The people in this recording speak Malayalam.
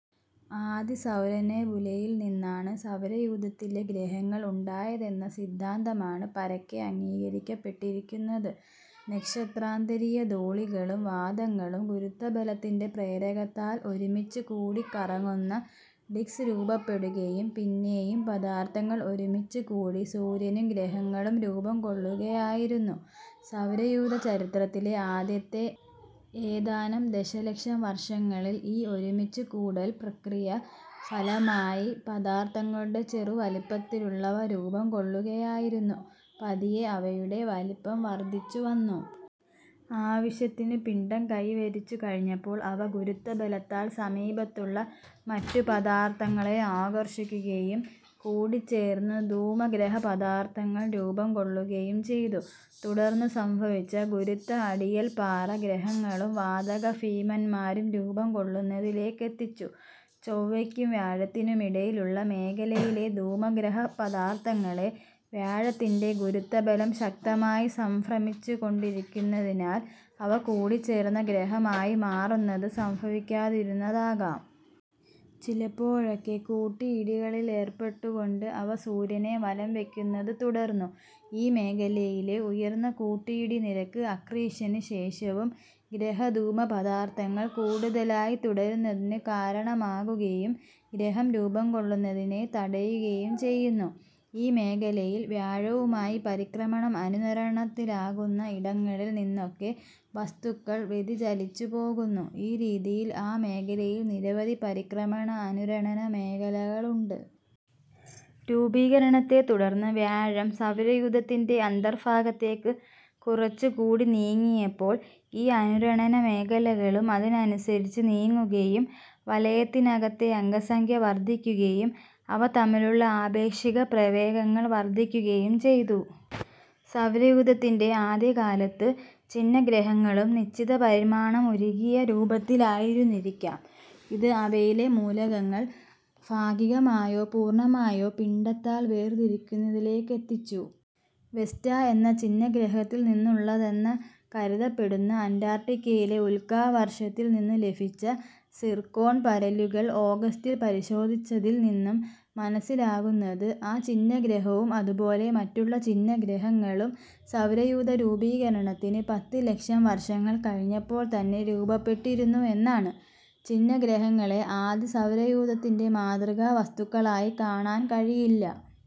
ആദി സൗരനെബുലയിൽ നിന്നാണ് സൗരയൂഥത്തിലെ ഗ്രഹങ്ങൾ ഉണ്ടായതെന്ന സിദ്ധാന്തമാണ് പരക്കെ അംഗീകരിക്കപ്പെട്ടിരിക്കുന്നത്: നക്ഷത്രാന്തരീയ ധൂളികളും വാതകങ്ങളും ഗുരുത്വബലത്തിന്റെ പ്രേരകത്താൽ ഒരുമിച്ച് കൂടി കറങ്ങുന്ന ഡിക്സ് രൂപപ്പെടുകയും പിന്നേയും പദാർത്ഥങ്ങൾ ഒരുമിച്ച് കൂടി സൂര്യനും ഗ്രഹങ്ങളും രൂപം കൊള്ളുകയായിരുന്നു. സൗരയൂഥ ചരിത്രത്തിലെ ആദ്യത്തെ ഏതാനും ദശലക്ഷം വർഷങ്ങളിൽ ഈ ഒരുമിച്ച് കൂടൽ പ്രക്രിയ ഫലമായി പദാർത്ഥങ്ങളുടെ ചെറുവലിപ്പത്തുലുള്ളവ രൂപം കൊള്ളുകയായിരുന്നു, പതിയെ അവയുടെ വലിപ്പം വർദ്ധിച്ചു വന്നു. ആവശ്യത്തിന് പിണ്ഡം കൈവരിച്ചു കഴിഞ്ഞപ്പോൾ അവ ഗുരുത്വബലത്താൽ സമീപത്തുള്ള മറ്റ് പദാർത്ഥങ്ങളെ ആകർഷിക്കുകയും കൂടിച്ചേർന്ന് ധൂമഗ്രഹപദാർത്ഥങ്ങൾ രൂപം കൊള്ളുകയും ചെയ്തു. തുടർന്ന് സംഭവിച്ച ഗുരുത്വ അടിയൽ പാറ ഗ്രഹങ്ങളും വാതക ഭീമന്മാരും രൂപം കൊള്ളുന്നതിലേക്കെത്തിച്ചു. ചൊവ്വയ്ക്കും വ്യാഴത്തിനുമിടയിലുള്ള മേഖലയിലെ ധൂമഗ്രഹപദാർത്ഥങ്ങളെ വ്യാഴത്തിന്റെ ഗുരുത്വബലം ശക്തമായി സംഭ്രമിപ്പിച്ചുക്കൊണ്ടിരുന്നതിനാൽ അവ കൂടിച്ചേർന്ന ഗ്രഹമായി മാറുന്നത് സംഭവിക്കാതിരുന്നതാകാം. ചിലപ്പോഴൊക്കെ കൂട്ടിയിടികളിലേർപ്പെട്ടുകോണ്ട് അവ സൂര്യനെ വലംവയ്ക്കുന്നത് തുടർന്നു. ഈ മേഖലയിലെ ഉയർന്ന കൂട്ടിയിടി നിരക്ക് അക്രീഷന് ശേഷവും ഗ്രഹധൂമപദാർത്ഥങ്ങൾ കൂടുതലായി തുടരുന്നതിന് കാരണമാകുകയും ഗ്രഹം രൂപം കൊള്ളുന്നതിനെ തടയുകയും ചെയ്യുന്നു. ഈ മേഖലയിൽ വ്യാഴവുമായി പരിക്രമണം അനുരണനത്തിലാകുന്ന ഇടങ്ങളിൽ നിന്നൊക്കെ വസ്തുക്കൾ വ്യതിചലിച്ചു പോകുന്നു, ഈ രീതിയിൽ ആ മേഖലയിൽ നിരവധി പരിക്രമണ അനുരണന മേഖലകളുണ്ട്. രൂപീകരണത്തെ തുടർന്ന് വ്യാഴം സൗരയൂഥത്തിന്റെ അന്തർഭാഗത്തേക്ക് കുറച്ച് കൂടി നീങ്ങിയപ്പോൾ ഈ അനുരണന മേഖലകളും അതിനനുസരിച്ച് നീങ്ങുകയും വലയത്തിനകത്തെ അംഗസംഖ്യ വർദ്ധിക്കുകയും അവ തമ്മിലുള്ള ആപേക്ഷിക പ്രാവേഗങ്ങൾ വർദ്ധിക്കുകയും ചെയ്തു. സൗരയൂഥത്തിന്റെ ആദ്യകാലത്ത് ഛിന്നഗ്രഹങ്ങളും നിശ്ചിതപരിമാണം ഉരുകിയ രൂപത്തിലായിരുന്നിരിക്കാം, ഇത് അവയിലെ മൂലകങ്ങൾ ഭാഗികമായോ പൂർണ്ണമായോ പിണ്ഡത്താൽ വേർതിരിക്കുന്നതിലേക്കെത്തിച്ചു. വെസ്റ്റ എന്ന ഛിന്നഗ്രഹത്തിൽ നിന്നുള്ളതെന്ന കരുതപ്പെടുന്ന, അന്റാർട്ടിക്കയിലെ ഉൽക്കാവർഷത്തിൽ നിന്ന് ലഭിച്ച സിർക്കോൺ പരലുകൾ ഓഗസ്റ്റിൽ പരിശോധിച്ചതിൽ നിന്നും മനസ്സിലാകുന്നത് ആ ഛിന്നഗ്രഹവും അതുപോലെ മറ്റുള്ള ഛിന്നഗ്രഹങ്ങളും സൗരയൂഥരൂപീകരണത്തിന് പത്ത് ലക്ഷം വർഷങ്ങൾ കഴിഞ്ഞപ്പോൾ തന്നെ രൂപപ്പെട്ടിരുന്നു എന്നാണ്. ഛിന്നഗ്രഹങ്ങളെ ആദി സൗരയൂഥത്തിന്റെ മാതൃക വസ്തുക്കളായി കാണാൻ കഴിയില്ല.